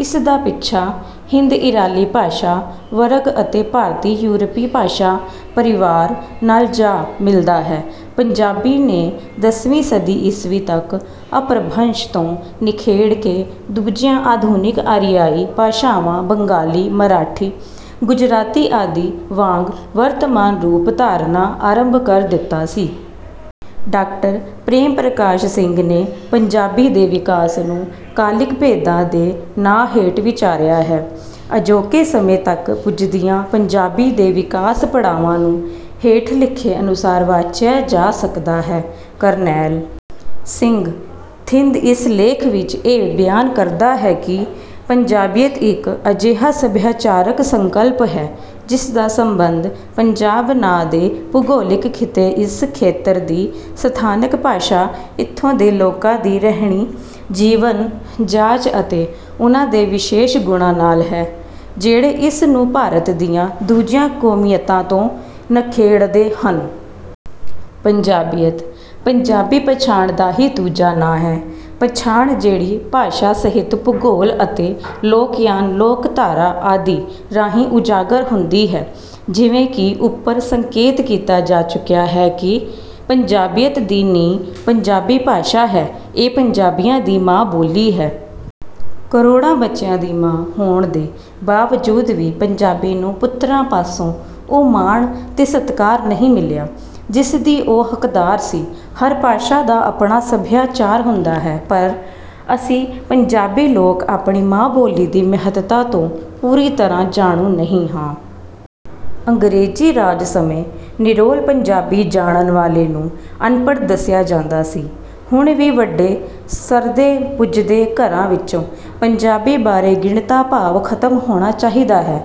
ਇਸ ਦਾ ਪਿੱਛਾ ਹਿੰਦ ਈਰਾਨੀ ਭਾਸ਼ਾ ਵਰਗ ਅਤੇ ਭਾਰਤੀ ਯੂਰਪੀ ਭਾਸ਼ਾ ਪਰਿਵਾਰ ਨਾਲ ਜਾ ਮਿਲਦਾ ਹੈ। ਪੰਜਾਬੀ ਨੇ ਦਸਵੀਂ ਸਦੀ ਈਸਵੀ ਤੱਕ ਅਪਭ੍ਰੰਸ਼ ਤੋਂ ਨਿਖੇੜ ਕੇ ਦੂਜੀਆਂ ਆਧੁਨਿਕ ਆਰੀਆਈ ਭਾਸ਼ਾਵਾਂ ਬੰਗਾਲੀ ਮਰਾਠੀ ਗੁਜਰਾਤੀ ਆਦਿ ਵਾਂਗ ਵਰਤਮਾਨ ਰੂਪ ਧਾਰਨਾ ਆਰੰਭ ਕਰ ਦਿੱਤਾ ਸੀ। ਡਾਕਟਰ ਪ੍ਰੇਮ ਪ੍ਰਕਾਸ਼ ਸਿੰਘ ਨੇ ਪੰਜਾਬੀ ਦੇ ਵਿਕਾਸ ਨੂੰ ਕਾਲਿਕ ਭੇਦਾਂ ਦੇ ਨਾਂ ਹੇਠ ਵਿਚਾਰਿਆ ਹੈ। ਅਜੋਕੇ ਸਮੇਂ ਤੱਕ ਪੁੱਜਦਿਆਂ ਪੰਜਾਬੀ ਦੇ ਵਿਕਾਸ ਪੜਾਵਾਂ ਨੂੰ ਹੇਠ ਲਿਖੇ ਅਨੁਸਾਰ ਵਾਚਿਆ ਜਾ ਸਕਦਾ ਹੈ। ਕਰਨੈਲ ਸਿੰਘ ਥਿੰਦ ਇਸ ਲੇਖ ਵਿੱਚ ਇਹ ਬਿਆਨ ਕਰਦਾ ਹੈ ਕਿ ਪੰਜਾਬੀਅਤ ਇੱਕ ਅਜਿਹਾ ਸੱਭਿਆਚਾਰਕ ਸੰਕਲਪ ਹੈ ਜਿਸ ਦਾ ਸੰਬੰਧ ਪੰਜਾਬ ਨਾਂ ਦੇ ਭੂਗੋਲਿਕ ਖਿੱਤੇ ਇਸ ਖੇਤਰ ਦੀ ਸਥਾਨਕ ਭਾਸ਼ਾ ਇੱਥੋਂ ਦੇ ਲੋਕਾਂ ਦੀ ਰਹਿਣੀ ਜੀਵਨ ਜਾਚ ਅਤੇ ਉਨ੍ਹਾਂ ਦੇ ਵਿਸ਼ੇਸ਼ ਗੁਣਾਂ ਨਾਲ ਹੈ ਜਿਹੜੇ ਇਸ ਨੂੰ ਭਾਰਤ ਦੀਆਂ ਦੂਜੀਆਂ ਕੌਮੀਅਤਾਂ ਤੋਂ ਨਿਖੇੜਦੇ ਹਨ। ਪੰਜਾਬੀਅਤ ਪੰਜਾਬੀ ਪਛਾਣ ਦਾ ਹੀ ਦੂਜਾ ਨਾਂ ਹੈ। ਪਛਾਣ ਜਿਹੜੀ ਭਾਸ਼ਾ ਸਾਹਿਤ ਭੂਗੋਲ ਅਤੇ ਲੋਕਯਾਨ ਲੋਕਧਾਰਾ ਆਦਿ ਰਾਹੀਂ ਉਜਾਗਰ ਹੁੰਦੀ ਹੈ। ਜਿਵੇਂ ਕਿ ਉੱਪਰ ਸੰਕੇਤ ਕੀਤਾ ਜਾ ਚੁੱਕਾ ਹੈ ਕਿ ਪੰਜਾਬੀਅਤ ਦੀ ਨੀਂਹ ਪੰਜਾਬੀ ਭਾਸ਼ਾ ਹੈ ਇਹ ਪੰਜਾਬੀਆਂ ਦੀ ਮਾਂ ਬੋਲੀ ਹੈ। ਕਰੋੜਾਂ ਬੱਚਿਆਂ ਦੀ ਮਾਂ ਹੋਣ ਦੇ ਬਾਵਜੂਦ ਵੀ ਪੰਜਾਬੀ ਨੂੰ ਪੁੱਤਰਾਂ ਪਾਸੋਂ ਉਹ ਮਾਣ ਤੇ ਸਤਿਕਾਰ ਨਹੀਂ ਮਿਲਿਆ ਜਿਸ ਦੀ ਉਹ ਹੱਕਦਾਰ ਸੀ। ਹਰ ਭਾਸ਼ਾ ਦਾ ਆਪਣਾ ਸੱਭਿਆਚਾਰ ਹੁੰਦਾ ਹੈ। ਪਰ ਅਸੀਂ ਪੰਜਾਬੀ ਲੋਕ ਆਪਣੀ ਮਾਂ ਬੋਲੀ ਦੀ ਮਹੱਤਤਾ ਤੋਂ ਪੂਰੀ ਤਰ੍ਹਾਂ ਜਾਣੂ ਨਹੀਂ ਹਾਂ। ਅੰਗਰੇਜ਼ੀ ਰਾਜ ਸਮੇਂ ਨਿਰੋਲ ਪੰਜਾਬੀ ਜਾਣਨ ਵਾਲੇ ਨੂੰ ਅਨਪੜ੍ਹ ਦੱਸਿਆ ਜਾਂਦਾ ਸੀ। ਹੁਣ ਵੀ ਵੱਡੇ ਸਰਦੇ ਪੁਜਦੇ ਘਰਾਂ ਵਿੱਚੋਂ ਪੰਜਾਬੀ ਬਾਰੇ ਹੀਣਤਾ ਭਾਵ ਖਤਮ ਹੋਣਾ ਚਾਹੀਦਾ ਹੈ।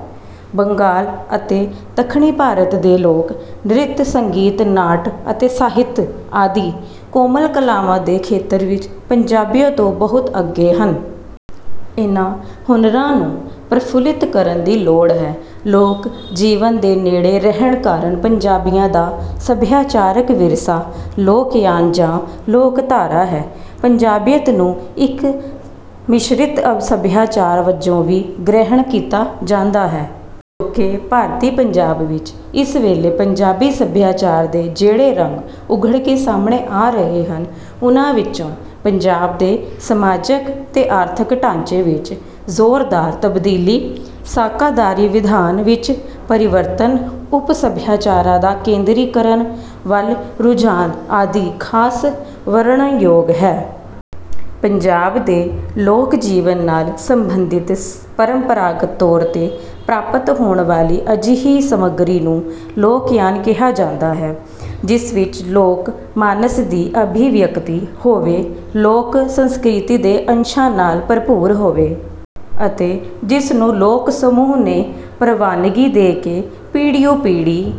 ਬੰਗਾਲ ਅਤੇ ਦੱਖਣੀ ਭਾਰਤ ਦੇ ਲੋਕ ਨ੍ਰਿਤ ਸੰਗੀਤ ਨਾਟ ਅਤੇ ਸਾਹਿਤ ਆਦਿ ਕੋਮਲ ਕਲਾਵਾਂ ਦੇ ਖੇਤਰ ਵਿੱਚ ਪੰਜਾਬੀਆਂ ਤੋਂ ਬਹੁਤ ਅੱਗੇ ਹਨ। ਇਨ੍ਹਾਂ ਹੁਨਰਾਂ ਨੂੰ ਪ੍ਰਫੁੱਲਿਤ ਕਰਨ ਦੀ ਲੋੜ ਹੈ। ਲੋਕ ਜੀਵਨ ਦੇ ਨੇੜੇ ਰਹਿਣ ਕਾਰਨ ਪੰਜਾਬੀਆਂ ਦਾ ਸੱਭਿਆਚਾਰਕ ਵਿਰਸਾ ਲੋਕਯਾਨ ਜਾਂ ਲੋਕਧਾਰਾ ਹੈ। ਪੰਜਾਬੀਅਤ ਨੂੰ ਇੱਕ ਮਿਸ਼ਰਿਤ ਸੱਭਿਆਚਾਰ ਵਜੋਂ ਵੀ ਗ੍ਰਹਿਣ ਕੀਤਾ ਜਾਂਦਾ ਹੈ। ਅਜੋਕੇ ਭਾਰਤੀ ਪੰਜਾਬ ਵਿੱਚ ਇਸ ਵੇਲੇ ਪੰਜਾਬੀ ਸੱਭਿਆਚਾਰ ਦੇ ਜਿਹੜੇ ਰੰਗ ਉਘੜ ਕੇ ਸਾਹਮਣੇ ਆ ਰਹੇ ਹਨ ਉਨ੍ਹਾਂ ਵਿੱਚੋਂ ਪੰਜਾਬ ਦੇ ਸਮਾਜਕ ਤੇ ਆਰਥਕ ਢਾਂਚੇ ਵਿੱਚ ਜ਼ੋਰਦਾਰ ਤਬਦੀਲੀ ਸਾਕਾਦਾਰੀ ਵਿਧਾਨ ਵਿੱਚ ਪਰਿਵਰਤਨ ਉਪ ਸੱਭਿਆਚਾਰਾਂ ਦਾ ਕੇਂਦਰੀਕਰਨ ਵੱਲ ਰੁਝਾਨ ਆਦਿ ਖਾਸ ਵਰਨਣਯੋਗ ਹਨ। ਪੰਜਾਬ ਦੇ ਲੋਕ ਜੀਵਨ ਨਾਲ ਸੰਬੰਧਿਤ ਪਰੰਪਰਾਗਤ ਤੌਰ ਤੇ ਪ੍ਰਾਪਤ ਹੋਣ ਵਾਲੀ ਅਜਿਹੀ ਸਮੱਗਰੀ ਨੂੰ ਲੋਕਯਾਨ ਕਿਹਾ ਜਾਂਦਾ ਹੈ ਜਿਸ ਵਿੱਚ ਲੋਕ ਮਾਨਸ ਦੀ ਅਭਿਵਿਅਕਤੀ ਹੋਵੇ ਲੋਕ ਸੰਸਕ੍ਰਿਤੀ ਦੇ ਅੰਸ਼ਾਂ ਨਾਲ ਭਰਪੂਰ ਹੋਵੇ ਅਤੇ ਜਿਸ ਨੂੰ ਲੋਕ ਸਮੂਹ ਨੇ ਪ੍ਰਵਾਨਗੀ ਦੇ ਕੇ ਪੀੜ੍ਹੀਓ ਪੀੜ੍ਹੀ